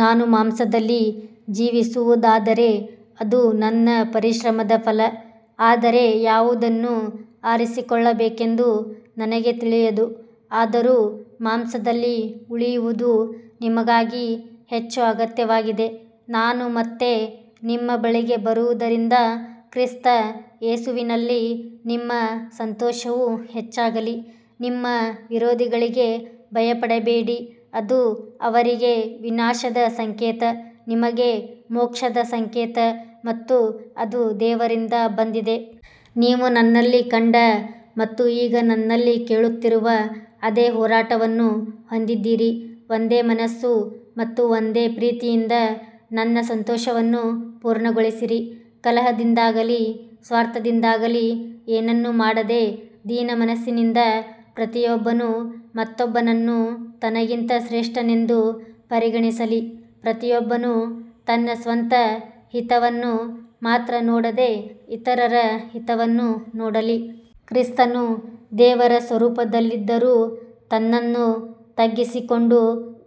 ನಾನು ಮಾಂಸದಲ್ಲಿ ಜೀವಿಸುವುದಾದರೆ ಅದು ನನ್ನ ಪರಿಶ್ರಮದ ಫಲ, ಆದರೆ ಯಾವುದನ್ನು ಆರಿಸಿಕೊಳ್ಳಬೇಕೆಂದು ನನಗೆ ತಿಳಿಯದು. ಆದರೂ ಮಾಂಸದಲ್ಲಿ ಉಳಿಯುವುದು ನಿಮಗಾಗಿ ಹೆಚ್ಚು ಅಗತ್ಯವಾಗಿದೆ. ನಾನು ಮತ್ತೆ ನಿಮ್ಮ ಬಳಿಗೆ ಬರುವುದರಿಂದ ಕ್ರಿಸ್ತ ಯೇಸುವಿನಲ್ಲಿ ನಿಮ್ಮ ಸಂತೋಷವು ಹೆಚ್ಚಾಗಲಿ. ನಿಮ್ಮ ವಿರೋಧಿಗಳಿಗೆ ಭಯಪಡಬೇಡಿ. ಅದು ಅವರಿಗೆ ವಿನಾಶದ ಸಂಕೇತ, ನಿಮಗೆ ಮೋಕ್ಷದ ಸಂಕೇತ ಮತ್ತು ಅದು ದೇವರಿಂದ ಬಂದಿದೆ. ನೀವು ನನ್ನಲ್ಲಿ ಕಂಡ ಮತ್ತು ಈಗ ನನ್ನಲ್ಲಿ ಕೇಳುತ್ತಿರುವ ಅದೇ ಹೋರಾಟವನ್ನು ಹೊಂದಿದ್ದೀರಿ. ಒಂದೇ ಮನಸ್ಸು ಮತ್ತು ಒಂದೇ ಪ್ರೀತಿಯಿಂದ ನನ್ನ ಸಂತೋಷವನ್ನು ಪೂರ್ಣಗೊಳಿಸಿರಿ. ಕಲಹದಿಂದಾಗಲಿ ಸ್ವಾರ್ಥದಿಂದಾಗಲಿ ಏನನ್ನೂ ಮಾಡದೆ, ದೀನಮನಸ್ಸಿನಿಂದ ಪ್ರತಿಯೊಬ್ಬನು ಮತ್ತೊಬ್ಬನನ್ನು ತನಗಿಂತ ಶ್ರೇಷ್ಠನೆಂದು ಪರಿಗಣಿಸಲಿ. ಪ್ರತಿಯೊಬ್ಬನು ತನ್ನ ಸ್ವಂತ ಹಿತವನ್ನು ಮಾತ್ರ ನೋಡದೆ ಇತರರ ಹಿತವನ್ನೂ ನೋಡಲಿ. ಕ್ರಿಸ್ತನು ದೇವರ ಸ್ವರೂಪದಲ್ಲಿದ್ದರೂ ತನ್ನನ್ನು ತಗ್ಗಿಸಿಕೊಂಡು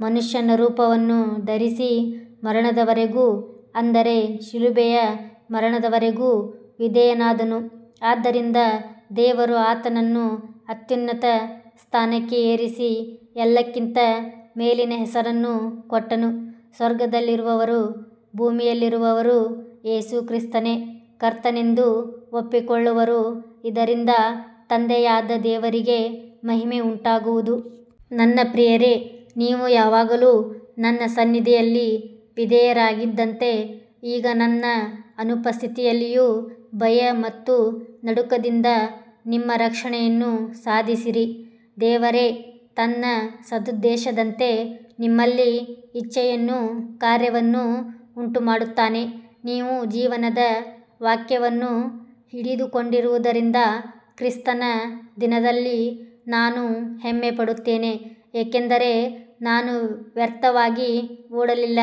ಮನುಷ್ಯನ ರೂಪವನ್ನು ಧರಿಸಿ, ಮರಣದವರೆಗೂ, ಅಂದರೆ ಶಿಲುಬೆಯ ಮರಣದವರೆಗೂ ವಿಧೇಯನಾದನು. ಆದ್ದರಿಂದ ದೇವರು ಆತನನ್ನು ಅತ್ಯುನ್ನತ ಸ್ಥಾನಕ್ಕೆ ಏರಿಸಿ, ಎಲ್ಲಕ್ಕಿಂತ ಮೇಲಿನ ಹೆಸರನ್ನು ಕೊಟ್ಟನು. ಸ್ವರ್ಗದಲ್ಲಿರುವವರೂ ಭೂಮಿಯಲ್ಲಿರುವವರೂ ಯೇಸು ಕ್ರಿಸ್ತನೇ ಕರ್ತನೆಂದು ಒಪ್ಪಿಕೊಳ್ಳುವರು, ಇದರಿಂದ ತಂದೆಯಾದ ದೇವರಿಗೆ ಮಹಿಮೆ ಉಂಟಾಗುವುದು. ನನ್ನ ಪ್ರಿಯರೇ, ನೀವು ಯಾವಾಗಲೂ ನನ್ನ ಸನ್ನಿಧಿಯಲ್ಲಿ ವಿಧೇಯರಾಗಿದ್ದಂತೆ ಈಗ ನನ್ನ ಅನುಪಸ್ಥಿತಿಯಲ್ಲಿಯೂ ಭಯ ಮತ್ತು ನಡುಕದಿಂದ ನಿಮ್ಮ ರಕ್ಷಣೆಯನ್ನು ಸಾಧಿಸಿರಿ. ದೇವರೇ ತನ್ನ ಸದುದ್ದೇಶದಂತೆ ನಿಮ್ಮಲ್ಲಿ ಇಚ್ಛೆಯನ್ನೂ ಕಾರ್ಯವನ್ನೂ ಉಂಟುಮಾಡುತ್ತಾನೆ. ನೀವು ಜೀವನದ ವಾಕ್ಯವನ್ನು ಹಿಡಿದುಕೊಂಡಿರುವುದರಿಂದ ಕ್ರಿಸ್ತನ ದಿನದಲ್ಲಿ ನಾನು ಹೆಮ್ಮೆಪಡುತ್ತೇನೆ, ಏಕೆಂದರೆ ನಾನು ವ್ಯರ್ಥವಾಗಿ ಓಡಲಿಲ್ಲ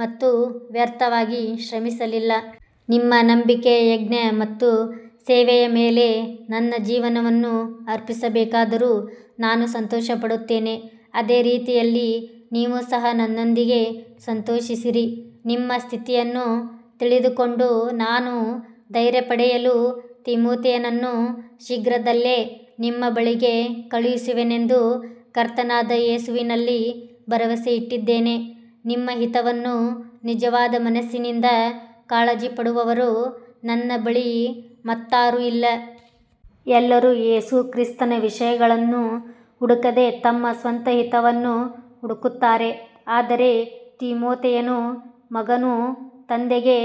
ಮತ್ತು ವ್ಯರ್ಥವಾಗಿ ಶ್ರಮಿಸಲಿಲ್ಲ. ನಿಮ್ಮ ನಂಬಿಕೆಯ ಯಜ್ಞ ಮತ್ತು ಸೇವೆಯ ಮೇಲೆ ನನ್ನ ಜೀವನವನ್ನು ಅರ್ಪಿಸಬೇಕಾದರೂ ನಾನು ಸಂತೋಷಪಡುತ್ತೇನೆ. ಅದೇ ರೀತಿಯಲ್ಲಿ ನೀವು ಸಹ ನನ್ನೊಂದಿಗೆ ಸಂತೋಷಿಸಿರಿ. ನಿಮ್ಮ ಸ್ಥಿತಿಯನ್ನು ತಿಳಿದುಕೊಂಡು ನಾನೂ ಧೈರ್ಯಪಡೆಯಲು ತಿಮೊಥೆಯನನ್ನು ಶೀಘ್ರದಲ್ಲೇ ನಿಮ್ಮ ಬಳಿಗೆ ಕಳುಹಿಸುವೆನೆಂದು ಕರ್ತನಾದ ಯೇಸುವಿನಲ್ಲಿ ಭರವಸೆಯಿಟ್ಟಿದ್ದೇನೆ. ನಿಮ್ಮ ಹಿತವನ್ನು ನಿಜವಾದ ಮನಸ್ಸಿನಿಂದ ಕಾಳಜಿಪಡುವವರು ನನ್ನ ಬಳಿ ಮತ್ತಾರೂ ಇಲ್ಲ. ಎಲ್ಲರೂ ಯೇಸು ಕ್ರಿಸ್ತನ ವಿಷಯಗಳನ್ನು ಹುಡುಕದೆ ತಮ್ಮ ಸ್ವಂತ ಹಿತವನ್ನು ಹುಡುಕುತ್ತಾರೆ. ಆದರೆ ತಿಮೊಥೆಯನು ಮಗನು ತಂದೆಗೆ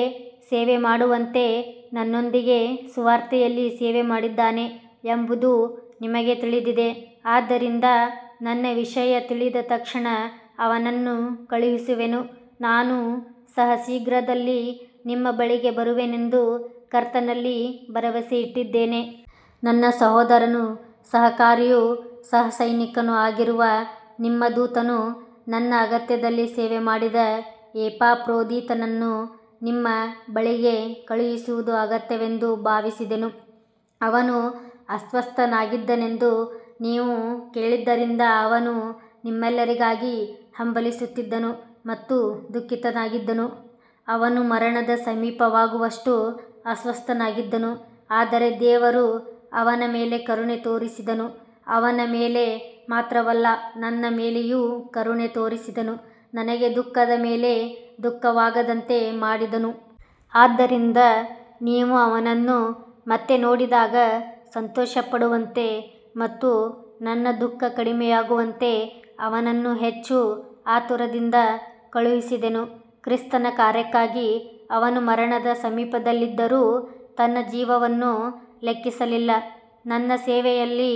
ಸೇವೆಮಾಡುವಂತೆ ನನ್ನೊಂದಿಗೆ ಸುವಾರ್ತೆಯಲ್ಲಿ ಸೇವೆಮಾಡಿದ್ದಾನೆ ಎಂಬುದು ನಿಮಗೆ ತಿಳಿದಿದೆ. ಆದ್ದರಿಂದ ನನ್ನ ವಿಷಯ ತಿಳಿದ ತಕ್ಷಣ ಅವನನ್ನು ಕಳುಹಿಸುವೆನು. ನಾನು ಸಹ ಶೀಘ್ರದಲ್ಲೇ ನಿಮ್ಮ ಬಳಿಗೆ ಬರುವೆನೆಂದು ಕರ್ತನಲ್ಲಿ ಭರವಸೆಯಿಟ್ಟಿದ್ದೇನೆ. ನನ್ನ ಸಹೋದರನೂ ಸಹಕಾರಿಯೂ ಸಹಸೈನಿಕನೂ ಆಗಿರುವ, ನಿಮ್ಮ ದೂತನೂ ನನ್ನ ಅಗತ್ಯದಲ್ಲಿ ಸೇವೆಮಾಡಿದ ಎಪಾಫ್ರೋದಿತನನ್ನು ನಿಮ್ಮ ಬಳಿಗೆ ಕಳುಹಿಸುವುದು ಅಗತ್ಯವೆಂದು ಭಾವಿಸಿದೆನು. ಅವನು ಅಸ್ವಸ್ಥನಾಗಿದ್ದನೆಂದು ನೀವು ಕೇಳಿದ್ದರಿಂದ ಅವನು ನಿಮ್ಮೆಲ್ಲರಿಗಾಗಿ ಹಂಬಲಿಸುತ್ತಿದ್ದನು ಮತ್ತು ದುಃಖಿತನಾಗಿದ್ದನು. ಅವನು ಮರಣದ ಸಮೀಪವಾಗುವಷ್ಟು ಅಸ್ವಸ್ಥನಾಗಿದ್ದನು. ಆದರೆ ದೇವರು ಅವನ ಮೇಲೆ ಕರುಣೆ ತೋರಿಸಿದನು, ಅವನ ಮೇಲೆ ಮಾತ್ರವಲ್ಲ ನನ್ನ ಮೇಲೆಯೂ ಕರುಣೆ ತೋರಿಸಿದನು, ನನಗೆ ದುಃಖದ ಮೇಲೆ ದುಃಖವಾಗದಂತೆ ಮಾಡಿದನು. ಆದ್ದರಿಂದ ನೀವು ಅವನನ್ನು ಮತ್ತೆ ನೋಡಿದಾಗ ಸಂತೋಷಪಡುವಂತೆ ಮತ್ತು ನನ್ನ ದುಃಖ ಕಡಿಮೆಯಾಗುವಂತೆ ಅವನನ್ನು ಹೆಚ್ಚು ಆತುರದಿಂದ ಕಳುಹಿಸಿದೆನು. ಕ್ರಿಸ್ತನ ಕಾರ್ಯಕ್ಕಾಗಿ ಅವನು ಮರಣದ ಸಮೀಪದಲ್ಲಿದ್ದರೂ ತನ್ನ ಜೀವವನ್ನು ಲೆಕ್ಕಿಸಲಿಲ್ಲ, ನನ್ನ ಸೇವೆಯಲ್ಲಿ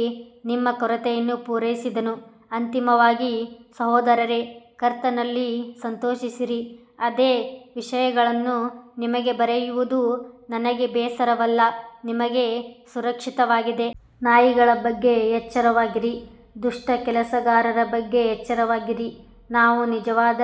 ನಿಮ್ಮ ಕೊರತೆಯನ್ನು ಪೂರೈಸಿದನು. ಅಂತಿಮವಾಗಿ, ಸಹೋದರರೇ, ಕರ್ತನಲ್ಲಿ ಸಂತೋಷಿಸಿರಿ. ಅದೇ ವಿಷಯಗಳನ್ನು ನಿಮಗೆ ಬರೆಯುವುದು ನನಗೆ ಬೇಸರವಲ್ಲ, ನಿಮಗೆ ಸುರಕ್ಷಿತವಾಗಿದೆ. ನಾಯಿಗಳ ಬಗ್ಗೆ ಎಚ್ಚರವಾಗಿರಿ, ದುಷ್ಟ ಕೆಲಸಗಾರರ ಬಗ್ಗೆ ಎಚ್ಚರವಾಗಿರಿ. ನಾವು ನಿಜವಾದ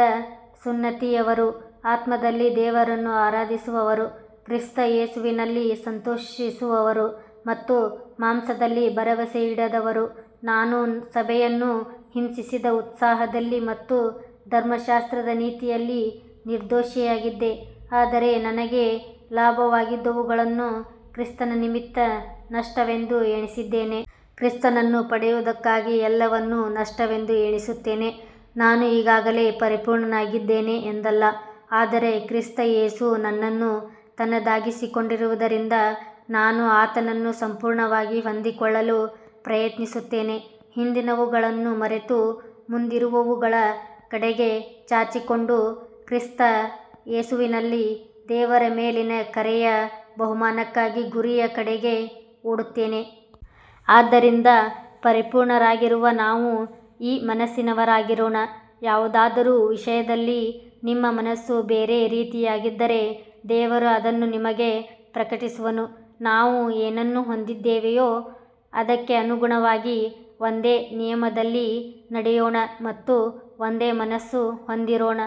ಸುನ್ನತಿಯವರು, ಆತ್ಮದಲ್ಲಿ ದೇವರನ್ನು ಆರಾಧಿಸುವವರು, ಕ್ರಿಸ್ತ ಯೇಸುವಿನಲ್ಲಿ ಸಂತೋಷಿಸುವವರು ಮತ್ತು ಮಾಂಸದಲ್ಲಿ ಭರವಸೆಯಿಡದವರು. ನಾನು ಸಭೆಯನ್ನು ಹಿಂಸಿಸಿದ ಉತ್ಸಾಹದಲ್ಲಿ ಮತ್ತು ಧರ್ಮಶಾಸ್ತ್ರದ ನೀತಿಯಲ್ಲಿ ನಿರ್ದೋಷಿಯಾಗಿದ್ದೆ. ಆದರೆ ನನಗೆ ಲಾಭವಾಗಿದ್ದವುಗಳನ್ನು ಕ್ರಿಸ್ತನ ನಿಮಿತ್ತ ನಷ್ಟವೆಂದು ಎಣಿಸಿದ್ದೇನೆ. ಕ್ರಿಸ್ತನನ್ನು ಪಡೆಯುವುದಕ್ಕಾಗಿ ಎಲ್ಲವನ್ನೂ ನಷ್ಟವೆಂದು ಎಣಿಸುತ್ತೇನೆ. ನಾನು ಈಗಾಗಲೇ ಪರಿಪೂರ್ಣನಾಗಿದ್ದೇನೆ ಎಂದಲ್ಲ, ಆದರೆ ಕ್ರಿಸ್ತ ಯೇಸು ನನ್ನನ್ನು ತನ್ನದಾಗಿಸಿಕೊಂಡಿರುವುದರಿಂದ ನಾನು ಆತನನ್ನು ಸಂಪೂರ್ಣವಾಗಿ ಹೊಂದಿಕೊಳ್ಳಲು ಪ್ರಯತ್ನಿಸುತ್ತೇನೆ. ಹಿಂದಿನವುಗಳನ್ನು ಮರೆತು ಮುಂದಿರುವವುಗಳ ಕಡೆಗೆ ಚಾಚಿಕೊಂಡು, ಕ್ರಿಸ್ತ ಯೇಸುವಿನಲ್ಲಿ ದೇವರ ಮೇಲಿನ ಕರೆಯ ಬಹುಮಾನಕ್ಕಾಗಿ ಗುರಿಯ ಕಡೆಗೆ ಓಡುತ್ತೇನೆ. ಆದ್ದರಿಂದ ಪರಿಪೂರ್ಣರಾಗಿರುವ ನಾವು ಈ ಮನಸ್ಸಿನವರಾಗಿರೋಣ. ಯಾವುದಾದರೂ ವಿಷಯದಲ್ಲಿ ನಿಮ್ಮ ಮನಸ್ಸು ಬೇರೆ ರೀತಿಯಾಗಿದ್ದರೆ ದೇವರು ಅದನ್ನೂ ನಿಮಗೆ ಪ್ರಕಟಿಸುವನು. ನಾವು ಏನನ್ನು ಹೊಂದಿದ್ದೇವೋ ಅದಕ್ಕೆ ಅನುಗುಣವಾಗಿ ಒಂದೇ ನಿಯಮದಲ್ಲಿ ನಡೆಯೋಣ ಮತ್ತು ಒಂದೇ ಮನಸ್ಸು ಹೊಂದಿರೋಣ.